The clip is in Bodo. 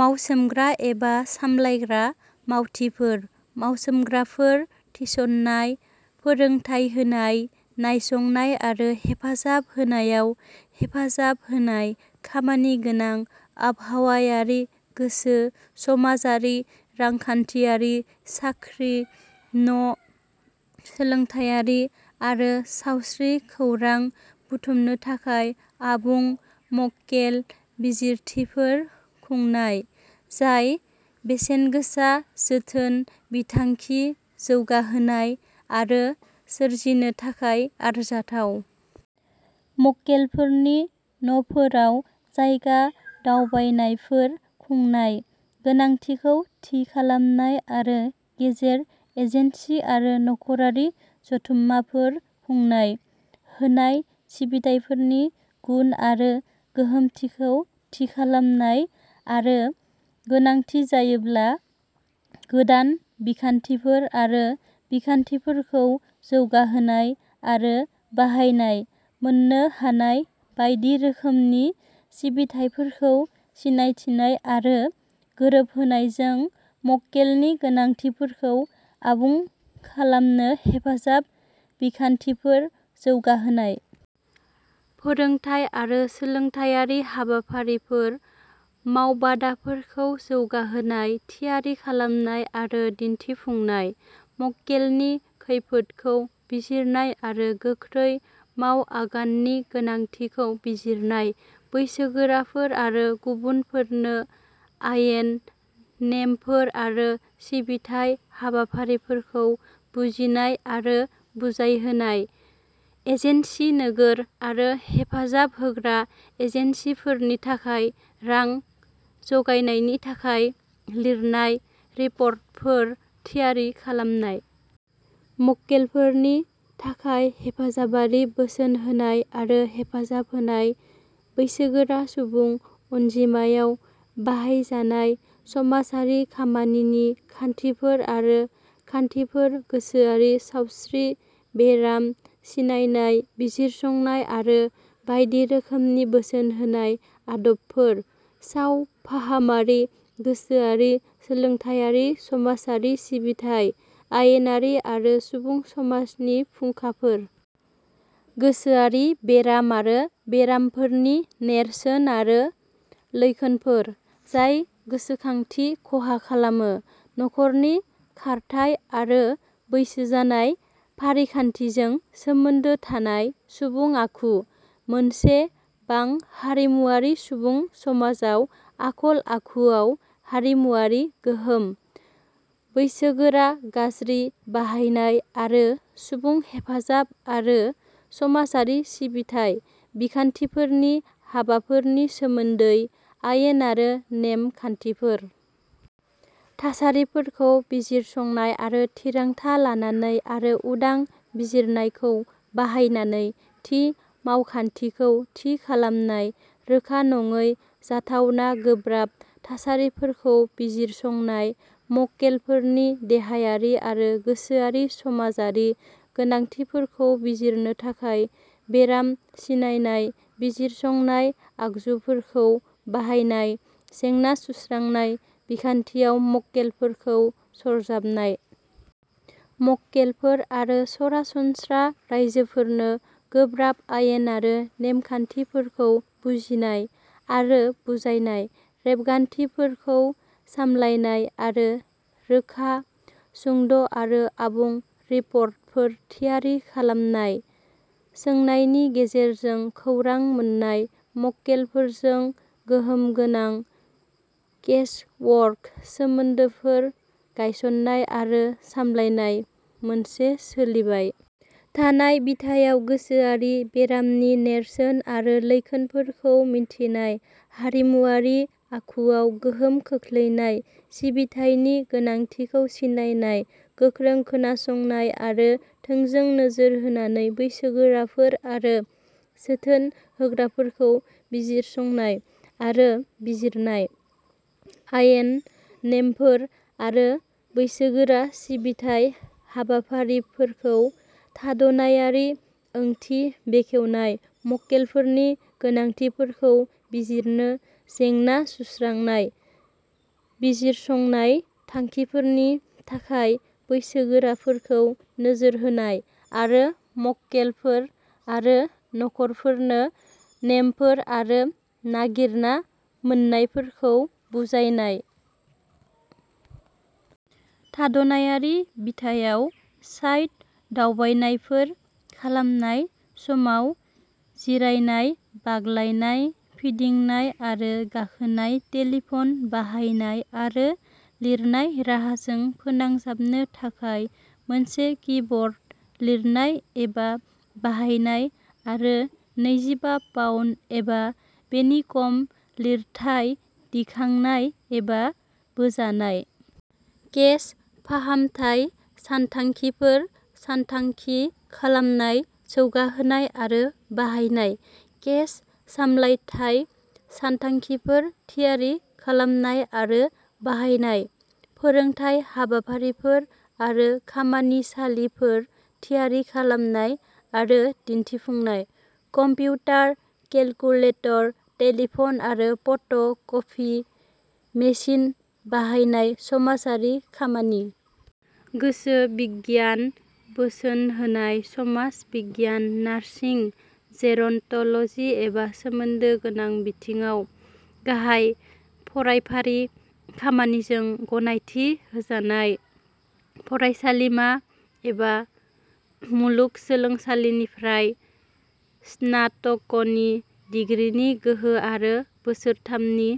मावसोमग्रा एबा सामलायग्रा मावथिफोर। मावसोमग्राफोर थिसननाय, फोरोंथाय होनाय, नायसंनाय आरो हेफाजाब होनायाव हेफाजाब होनाय। खामानिगोनां, आबहावायारि, गोसो-समाजारि, रांखान्थियारि, साख्रि, न ', सोलोंथायारि आरो सावस्रि खौरां बुथुमनो थाखाय आबुं मक्केल बिजिरथिफोर खुंनाय, जाय बेसेनगोसा जोथोन बिथांखि जौगाहोनाय आरो सोरजिनो थाखाय आरजाथाव। मक्केलफोरनि न'फोराव जायगा दावबायनायफोर खुंनाय। गोनांथिखौ थि खालामनाय आरो गेजेर-एजेन्सि आरो नखरारि जथुममाफोर खुंनाय। होनाय सिबिथाइफोरनि गुन आरो गोहोमथिखौ थि खालामनाय आरो गोनांथि जायोब्ला, गोदान बिखान्थिफोर आरो बिखान्थिफोरखौ जौगाहोनाय आरो बाहायनाय। मोननो हानाय बायदि रोखोमनि सिबिथाइफोरखौ सिनायथिनाय आरो गोरोबहोनायजों मक्केलनि गोनांथिफोरखौ आबुं खालामनो हेफाजाब बिखान्थिफोर जौगाहोनाय। फोरोंथाय आरो सोलोंथायारि हाबाफारिफोर मावबादाफोरखौ जौगाहोनाय, थियारि खालामनाय आरो दिन्थिफुंनाय। मक्केलनि खैफोदखौ बिजिरनाय आरो गोख्रै मावआगाननि गोनांथिखौ बिजिरनाय। बैसोगोराफोर आरो गुबुनफोरनो आयेन, नेमफोर आरो सिबिथाइ हाबाफारिफोरखौ बुजिनाय आरो बुजायहोनाय। एजेन्सि, नोगोर आरो हेफाजाब होग्रा एजेन्सिफोरनि थाखाय रां जगायनायनि थाखाय लिरनाय रिपर्टफोर थियारि खालामनाय। मक्केलफोरनि थाखाय हेफाजाबारि बोसोन होनाय आरो हेफाजाब होनाय। बैसोगोरा सुबुं अनजिमायाव बाहायजानाय समाजारि खामानिनि खान्थिफोर आरो खान्थिफोर गोसोआरि सावस्रि, बेराम सिनायनाय बिजिरसंनाय आरो बायदि रोखोमनि बोसोन होनाय आदबफोर। सावफाहामारि, गोसोआरि, सोलोंथायारि, समाजारि सिबिथाइ, आयेनारि आरो सुबुं समाजनि फुंखाफोर। गोसोआरि बेराम आरो बेरामफोरनि नेरसोन आरो लैखोनफोर जाय गोसोखांथि खहा खालामो; नखरनि खारथाइ, आरो बैसो जानाय फारिखान्थिजों सोमोन्दो थानाय सुबुं आखु। मोनसे बां-हारिमुआरि सुबुं समाजाव आखल-आखुआव हारिमुआरि गोहोम। बैसोगोरा गाज्रि बाहायनाय आरो सुबुं हेफाजाब आरो समाजारि सिबिथाइ बिखान्थिफोरनि हाबाफोरनि सोमोन्दै आयेन आरो नेम-खान्थिफोर। थासारिफोरखौ बिजिरसंनाय आरो थिरांथा लानानै आरो उदां बिजिरनायखौ बाहायनानै थि मावखान्थिखौ थि खालामनाय। रोखा नङै, जाथावना गोब्राब थासारिफोरखौ बिजिरसंनाय; मक्केलफोरनि देहायारि आरो गोसोआरि समाजारि गोनांथिफोरखौ बिजिरनो थाखाय बेराम सिनायनाय बिजिरसंनाय आगजुफोरखौ बाहायनाय। जेंना सुस्रांनाय बिखान्थियाव मक्केलफोरखौ सरजाबनाय। मक्केलफोर आरो सरासनस्रा राइजोफोरनो गोब्राब आयेन आरो नेमखान्थिफोरखौ बुजिनाय आरो बुजायनाय। रेबगान्थिफोरखौ सामलायनाय आरो रोखा, सुंद'आरो आबुं रिपर्टफोर थियारि खालामनाय। सोंनायनि गेजेरजों खौरां मोन्नाय; मक्केलफोरजों गोहोमगोनां केसवर्क सोमोन्दोफोर गायसन्नाय आरो सामलायनाय। मोनसे सोलिबाय थानाय बिथायाव, गोसोआरि बेरामनि नेरसोन आरो लैखोनफोरखौ मिन्थिनाय; हारिमुआरि आखुआव गोहोम खोख्लैनाय; सिबिथायनि गोनांथिखौ सिनायनाय; गोख्रों खोनासंनाय आरो थोंजों नोजोर होनानै बैसोगोराफोर आरो जोथोन होग्राफोरखौ बिजिरसंनाय आरो बिजिरनाय; आयेन, नेमफोर आरो बैसोगोरा सिबिथाइ हाबाफारिफोरखौ थाद नायारि ओंथि बेखेवनाय; मक्केलफोरनि गोनांथिफोरखौ बिजिरनो जेंना सुस्रांनाय; बिजिरसंनाय थांखिफोरनि थाखाय बैसोगोराफोरखौ नोजोर होनाय; आरो मक्केलफोर आरो नखरफोरनो नेमफोर आरो नागिरना मोन्नायफोरखौ बुजायनाय। थाद नायारि बिथायाव, साइट दावबायनायफोर खालामनाय समाव जिरायनाय, बाग्लायनाय, फिदिंनाय आरो गाखोनाय; टेलिफन बाहायनाय, आरो लिरनाय राहाजों फोनांजाबनो थाखाय मोनसे कीबर्ड लिरनाय एबा बाहायनाय; आरो नैजिबा पाउन्द एबा बेनि खम लिरथाय दिखांनाय एबा बोजानाय। केस फाहामथाय सानथांखिफोर सानथांखि खालामनाय, जौगाहोनाय, आरो बाहायनाय। केस सामलायथाय सानथांखिफोर थियारि खालामनाय आरो बाहायनाय। फोरोंथाय हाबाफारिफोर आरो खामानिसालिफोर थियारि खालामनाय आरो दिन्थिफुंनाय। कम्पिउटार, केलकुलेटर, टेलिफन आरो फट कपि मेसिन बाहायनाय समाजारि खामानि, गोसो बिगियान, बोसोन होनाय, समाज बिगियान, नार्सिं, जेरन्ट'लजि एबा सोमोन्दो गोनां बिथिङाव गाहाय फरायफारि खामानिजों गनायथि होजानाय फरायसालिमा एबा मुलुग सोलोंसालिनिफ्राय स्नातकनि डिग्रीनि गोहो आरो बोसोरथामनि